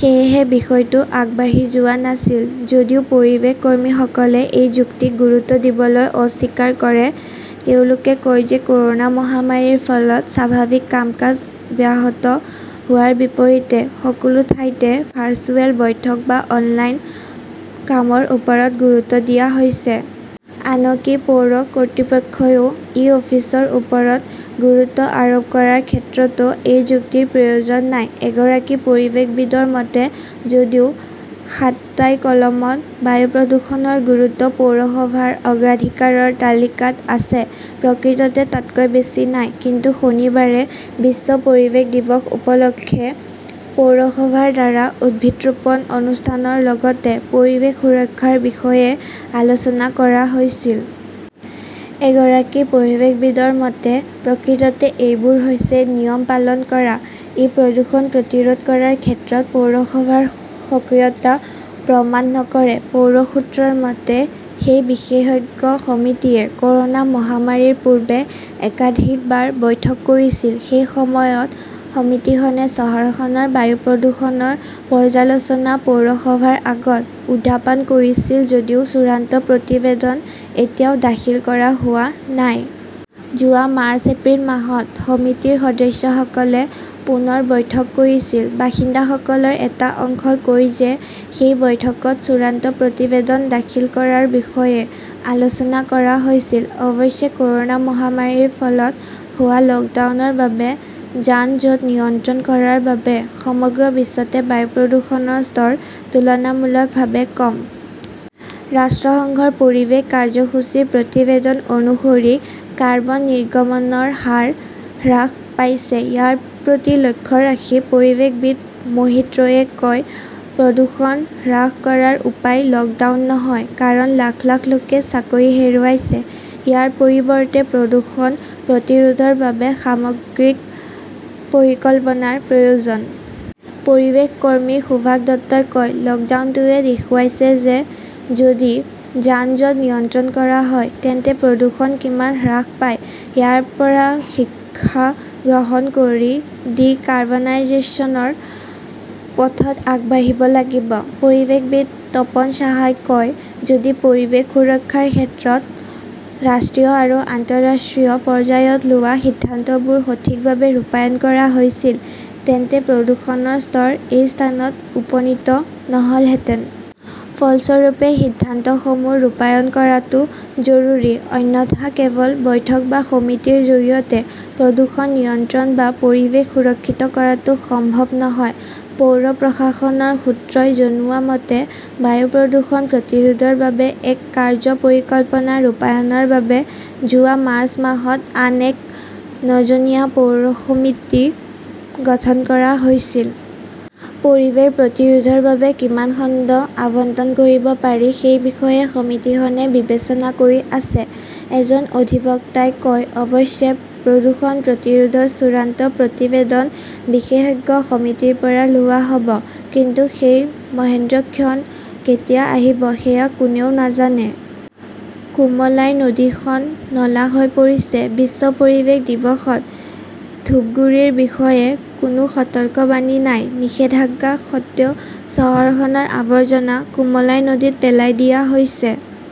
সেয়েহে বিষয়টো আগবাঢ়ি যোৱা নাছিল। যদিও পৰিৱেশ কৰ্মীসকলে এই যুক্তিক গুৰুত্ব দিবলৈ অস্বীকাৰ কৰে। তেওঁলোকে কয় যে ক'ৰোনা মহামাৰীৰ ফলত স্বাভাৱিক কাম-কাজ ব্যাহত হোৱাৰ বিপৰীতে সকলো ঠাইতে ভাৰ্চুৱেল বৈঠক বা অনলাইন কামৰ ওপৰত গুৰুত্ব দিয়া হৈছে। আনকি পৌৰ কৰ্তৃপক্ষইও ই-অফিচৰ ওপৰত গুৰুত্ব আৰোপ কৰাৰ ক্ষেত্ৰতো এই যুক্তিৰ প্ৰয়োজন নাই। এগৰাকী পৰিৱেশবিদৰ মতে, যদিও খাট্টাইকলমত বায়ু প্ৰদূষণৰ গুৰুত্ব পৌৰসভাৰ অগ্ৰাধিকাৰৰ তালিকাত আছে, প্ৰকৃততে তাতকৈ বেছি নাই। কিন্তু শনিবাৰে বিশ্ব পৰিৱেশ দিৱস উপলক্ষে পৌৰসভাৰ দ্বাৰা উদ্ভিদ ৰোপণ অনুষ্ঠানৰ লগতে পৰিৱেশ সুৰক্ষাৰ বিষয়ে আলোচনা কৰা হৈছিল। এগৰাকী পৰিৱেশবিদৰ মতে, প্ৰকৃততে এইবোৰ হৈছে নিয়ম পালন কৰা। ই প্ৰদূষণ প্ৰতিৰোধ কৰাৰ ক্ষেত্ৰত পৌৰসভাৰ সক্ৰিয়তা প্ৰমাণ নকৰে। পৌৰ সূত্ৰৰ মতে, সেই বিশেষজ্ঞ সমিতিয়ে ক'ৰোনা মহামাৰীৰ পূৰ্বে একাধিকবাৰ বৈঠক কৰিছিল। সেই সময়ত সমিতিখনে চহৰখনৰ বায়ু প্ৰদূষণৰ পৰ্যালোচনা পৌৰসভাৰ আগত উত্থাপন কৰিছিল যদিও চূড়ান্ত প্ৰতিবেদন এতিয়াও দাখিল কৰা হোৱা নাই। যোৱা মাৰ্চ-এপ্ৰিল মাহত সমিতিৰ সদস্যসকলে পুনৰ বৈঠক কৰিছিল। বাসিন্দাসকলৰ এটা অংশই কয় যে সেই বৈঠকত চূড়ান্ত প্ৰতিবেদন দাখিল কৰাৰ বিষয়ে আলোচনা কৰা হৈছিল। অৱশ্যে, ক'ৰোনা মহামাৰীৰ ফলত হোৱা লকডাউনৰ বাবে যান-জঁট নিয়ন্ত্ৰণ কৰাৰ বাবে সমগ্ৰ বিশ্বতে বায়ু প্ৰদূষণৰ স্তৰ তুলনামূলকভাৱে কম। ৰাষ্ট্ৰসংঘৰ পৰিৱেশ কাৰ্যসূচীৰ প্ৰতিবেদন অনুসৰি কাৰ্বন নিৰ্গমনৰ হাৰ হ্ৰাস পাইছে। ইয়াৰ প্ৰতি লক্ষ্য ৰাখি পৰিৱেশবিদ মোহিত ৰয়ে কয়, প্ৰদূষণ হ্ৰাস কৰাৰ উপায় লকডাউন নহয়। কাৰণ লাখ লাখ লোকে চাকৰি হেৰুৱাইছে। ইয়াৰ পৰিৱৰ্তে প্ৰদূষণ প্ৰতিৰোধৰ বাবে সামগ্ৰিক পৰিকল্পনাৰ প্ৰয়োজন। পৰিৱেশ কৰ্মী সুভাষ দত্তই কয়, লকডাউনটোৱে দেখুৱাইছে যে যদি যান-জঁট নিয়ন্ত্ৰণ কৰা হয় তেন্তে প্ৰদূষণ কিমান হ্ৰাস পায়। ইয়াৰ পৰা শিক্ষা গ্ৰহণ কৰি ডি-কাৰ্বনাইজেশ্যনৰ পথত আগবাঢ়িব লাগিব। পৰিৱেশবিদ তপন সাহাই কয়, যদি পৰিৱেশ সুৰক্ষাৰ ক্ষেত্ৰত ৰাষ্ট্ৰীয় আৰু আন্তঃৰাষ্ট্ৰীয় পৰ্যায়ত লোৱা সিদ্ধান্তবোৰ সঠিকভাৱে ৰূপায়ণ কৰা হৈছিল তেন্তে প্ৰদূষণৰ স্তৰ এই স্থানত উপনীত নহ'লহেঁতেন। ফলস্বৰূপে সিদ্ধান্তসমূহ ৰূপায়ণ কৰাটো জৰুৰী। অন্যথা কেৱল বৈঠক বা সমিতিৰ জৰিয়তে প্ৰদূষণ নিয়ন্ত্ৰণ বা পৰিৱেশ সুৰক্ষিত কৰাটো সম্ভৱ নহয়! পৌৰ প্ৰশাসনৰ সূত্ৰই জনোৱা মতে, বায়ু প্ৰদূষণ প্ৰতিৰোধৰ বাবে এক কাৰ্য্য পৰিকল্পনা ৰূপায়ণৰ বাবে যোৱা মাৰ্চ মাহত আন নজনীয়া পৌৰ সমিতি গঠন কৰা হৈছিল। পৰিৱেশ প্ৰতিৰোধৰ বাবে কিমান খণ্ড আবণ্টন কৰিব পাৰি সেই বিষয়ে সমিতিখনে বিবেচনা কৰি আছে, এজন অধিবক্তাই কয়। অৱশ্যে, প্ৰদূষণ প্ৰতিৰোধৰ চূড়ান্ত প্ৰতিবেদন বিশেষজ্ঞ সমিতিৰ পৰা লোৱা হ'ব। কিন্তু সেই মহেন্দ্ৰক্ষণ কেতিয়া আহিব সেয়া কোনেও নাজানে। কুমলাই নদী খন নলা হৈ পৰিছে, বিশ্ব পৰিৱেশ দিৱসত ধূপগুড়ীৰ বিষয়ে কোনো সতৰ্কবাণী নাই, নিষেধাজ্ঞা সত্বেও চহৰখনৰ আৱৰ্জনা কুমলাই নদীত পেলাই দিয়া হৈছে।